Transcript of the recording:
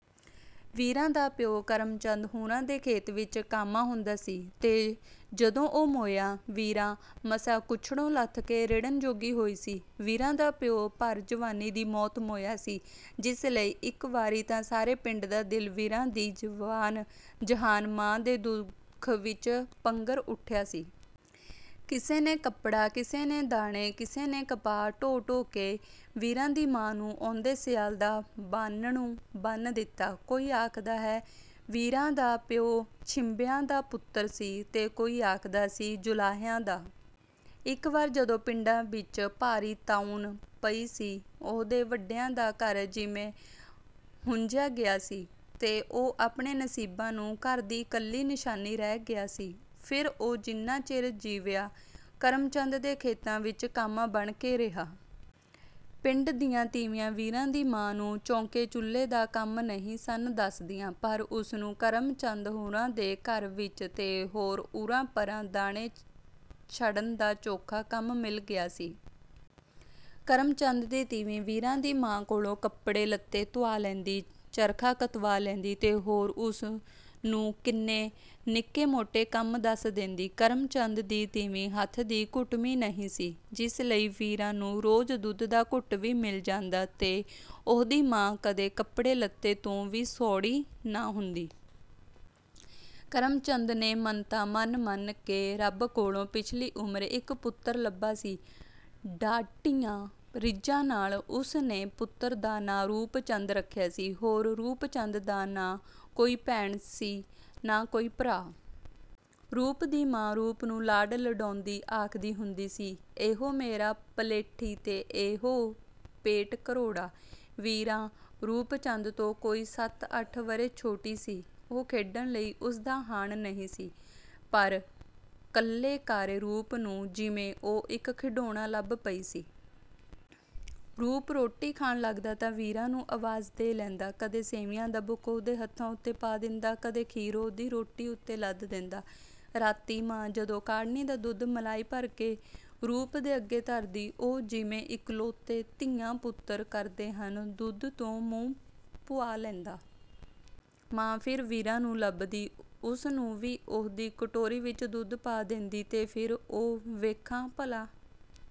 ਵੀਰਾਂ ਦਾ ਪਿਓ ਕਰਮ ਚੰਦ ਹੁਰਾਂ ਦੇ ਖੇਤ ਵਿੱਚ ਕਾਮਾ ਹੁੰਦਾ ਸੀ ਤੇ ਜਦੋਂ ਉਹ ਮੋਇਆ, ਵੀਰਾਂ ਮਸਾਂ ਕੁਛੜੋਂ ਲੱਥ ਕੇ ਰਿੜ੍ਹਨ ਜੋਗੀ ਹੋਈ ਸੀ। ਵੀਰਾਂ ਦਾ ਪਿਓ ਭਰ ਜਵਾਨੀ ਦੀ ਮੌਤ ਮੋਇਆ ਸੀ, ਜਿਸ ਲਈ ਇੱਕ ਵਾਰੀ ਤਾਂ ਸਾਰੇ ਪਿੰਡ ਦਾ ਦਿਲ ਵੀਰਾਂ ਦੀ ਜਵਾਨ-ਜਹਾਨ ਮਾਂ ਦੇ ਦੁੱਖ ਵਿੱਚ ਪੰਘਰ ਉੱਠਿਆ ਸੀ। ਕਿਸੇ ਨੇ ਕੱਪੜਾ, ਕਿਸੇ ਨੇ ਦਾਣੇ, ਕਿਸੇ ਨੇ ਕਪਾਹ ਢੋ-ਢੋ ਕੇ ਵੀਰਾਂ ਦੀ ਮਾਂ ਨੂੰ ਆਉਂਦੇ ਸਿਆਲ ਦਾ ਬਾਨ੍ਹਣੂ ਬੰਨ੍ਹ ਦਿੱਤਾ। ਕੋਈ ਆਖਦਾ ਹੈ ਵੀਰਾਂ ਦਾ ਪਿਓ ਛੀਂਬਿਆਂ ਦਾ ਪੁੱਤਰ ਸੀ ਤੇ ਕੋਈ ਆਖਦਾ ਸੀ ਜੁਲਾਹਿਆਂ ਦਾ। ਇੱਕ ਵਾਰ, ਜਦੋਂ ਪਿੰਡਾਂ ਵਿੱਚ ਭਾਰੀ ਤਾਊਨ ਪਈ ਸੀ, ਉਹਦੇ ਵੱਡਿਆਂ ਦਾ ਘਰ ਜਿਵੇਂ ਹੂੰਝਿਆ ਗਿਆ ਸੀ ਤੇ ਉਹ ਆਪਣੇ ਨਸੀਬਾਂ ਨੂੰ ਘਰ ਦੀ ਇਕੱਲੀ ਨਿਸ਼ਾਨੀ ਰਹਿ ਗਿਆ ਸੀ। ਫਿਰ ਉਹ ਜਿੰਨਾ ਚਿਰ ਜੀਵਿਆ, ਕਰਮ ਚੰਦ ਦੇ ਖੇਤਾਂ ਵਿੱਚ ਕਾਮਾ ਬਣ ਕੇ ਰਿਹਾ। ਪਿੰਡ ਦੀਆਂ ਤੀਵੀਆਂ ਵੀਰਾਂ ਦੀ ਮਾਂ ਨੂੰ ਚੌਂਕੇ-ਚੁੱਲ੍ਹੇ ਦਾ ਕੰਮ ਨਹੀਂ ਸਨ ਦੱਸਦੀਆਂ, ਪਰ ਉਸ ਨੂੰ ਕਰਮ ਚੰਦ ਹੁਰਾਂ ਦੇ ਘਰ ਵਿੱਚ ਤੇ ਹੋਰ ਉਰ੍ਹਾਂ-ਪਰ੍ਹਾਂ ਦਾਣੇ ਛੜਨ ਦਾ ਚੋਖਾ ਕੰਮ ਮਿਲ ਗਿਆ ਸੀ। ਕਰਮ ਚੰਦ ਦੀ ਤੀਵੀਂ ਵੀਰਾਂ ਦੀ ਮਾਂ ਕੋਲੋਂ ਕੱਪੜੇ-ਲੱਤੇ ਧੁਆ ਲੈਂਦੀ, ਚਰਖਾ ਕਤਵਾ ਲੈਂਦੀ ਤੇ ਹੋਰ ਉਸ ਨੂੰ ਕਿੰਨੇ ਨਿੱਕੇ-ਮੋਟੇ ਕੰਮ ਦੱਸ ਦੇਂਦੀ। ਕਰਮ ਚੰਦ ਦੀ ਤੀਵੀਂ ਹੱਥ ਦੀ ਘੁੱਟਵੀਂ ਨਹੀਂ ਸੀ, ਜਿਸ ਲਈ ਵੀਰਾਂ ਨੂੰ ਰੋਜ਼ ਦੁੱਧ ਦਾ ਘੁੱਟ ਵੀ ਮਿਲ ਜਾਂਦਾ ਤੇ ਉਹਦੀ ਮਾਂ ਕਦੇ ਕੱਪੜੇ-ਲੱਤੇ ਤੋਂ ਵੀ ਸੌੜੀ ਨਾ ਹੁੰਦੀ। ਕਰਮ ਚੰਦ ਨੇ ਮੰਨਤਾਂ ਮੰਨ-ਮੰਨ ਕੇ ਰੱਬ ਕੋਲੋਂ ਪਿਛਲੀ ਉਮਰੇ ਇੱਕ ਪੁੱਤਰ ਲੱਭਾ ਸੀ। ਡਾਢੀਆਂ ਰੀਝਾਂ ਨਾਲ ਉਸ ਨੇ ਪੁੱਤਰ ਦਾ ਨਾਂ ਰੂਪ ਚੰਦ ਰੱਖਿਆ ਸੀ। ਹੋਰ ਰੂਪ ਚੰਦ ਦਾ ਨਾ ਕੋਈ ਭੈਣ ਸੀ, ਨਾ ਕੋਈ ਭਰਾ। ਰੂਪ ਦੀ ਮਾਂ ਰੂਪ ਨੂੰ ਲਾਡ ਲਡਾਉਂਦੀ ਆਖਦੀ ਹੁੰਦੀ ਸੀ, “ਇਹੋ ਮੇਰਾ ਪਲੇਠੀ ਤੇ ਇਹੋ ਪੇਟ-ਘਰੋੜਾ।” ਵੀਰਾਂ ਰੂਪ ਚੰਦ ਤੋਂ ਕੋਈ ਸੱਤ-ਅੱਠ ਵਰ੍ਹੇ ਛੋਟੀ ਸੀ। ਉਹ ਖੇਡਣ ਲਈ ਉਸ ਦਾ ਹਾਣ ਨਹੀਂ ਸੀ, ਪਰ ਕੱਲੇ-ਕਾਰੇ ਰੂਪ ਨੂੰ ਜਿਵੇਂ ਉਹ ਇੱਕ ਖਿਡੌਣਾ ਲੱਭ ਪਈ ਸੀ। ਰੂਪ ਰੋਟੀ ਖਾਣ ਲੱਗਦਾ ਤਾਂ ਵੀਰਾਂ ਨੂੰ ਆਵਾਜ਼ ਦੇ ਲੈਂਦਾ। ਕਦੇ ਸੇਵੀਆਂ ਦਾ ਬੁੱਕ ਉਹਦੇ ਹੱਥਾਂ ਉੱਤੇ ਪਾ ਦਿੰਦਾ, ਕਦੇ ਖੀਰ ਉਹਦੀ ਰੋਟੀ ਉੱਤੇ ਲੱਦ ਦੇਂਦਾ। ਰਾਤੀਂ ਮਾਂ ਜਦੋਂ ਕਾੜ੍ਹਨੀ ਦਾ ਦੁੱਧ ਮਲਾਈ ਭਰ ਕੇ ਰੂਪ ਦੇ ਅੱਗੇ ਧਰਦੀ, ਉਹ, ਜਿਵੇਂ ਇਕਲੌਤੇ ਧੀਆਂ-ਪੁੱਤਰ ਕਰਦੇ ਹਨ, ਦੁੱਧ ਤੋਂ ਮੂੰਹ ਭੁਆ ਲੈਂਦਾ। ਮਾਂ ਫਿਰ ਵੀਰਾਂ ਨੂੰ ਲੱਭਦੀ, ਉਸ ਨੂੰ ਵੀ ਉਹਦੀ ਕਟੋਰੀ ਵਿੱਚ ਦੁੱਧ ਪਾ ਦੇਂਦੀ ਤੇ ਫਿਰ ਉਹ, “ਵੇਖਾਂ ਭਲਾਂ...”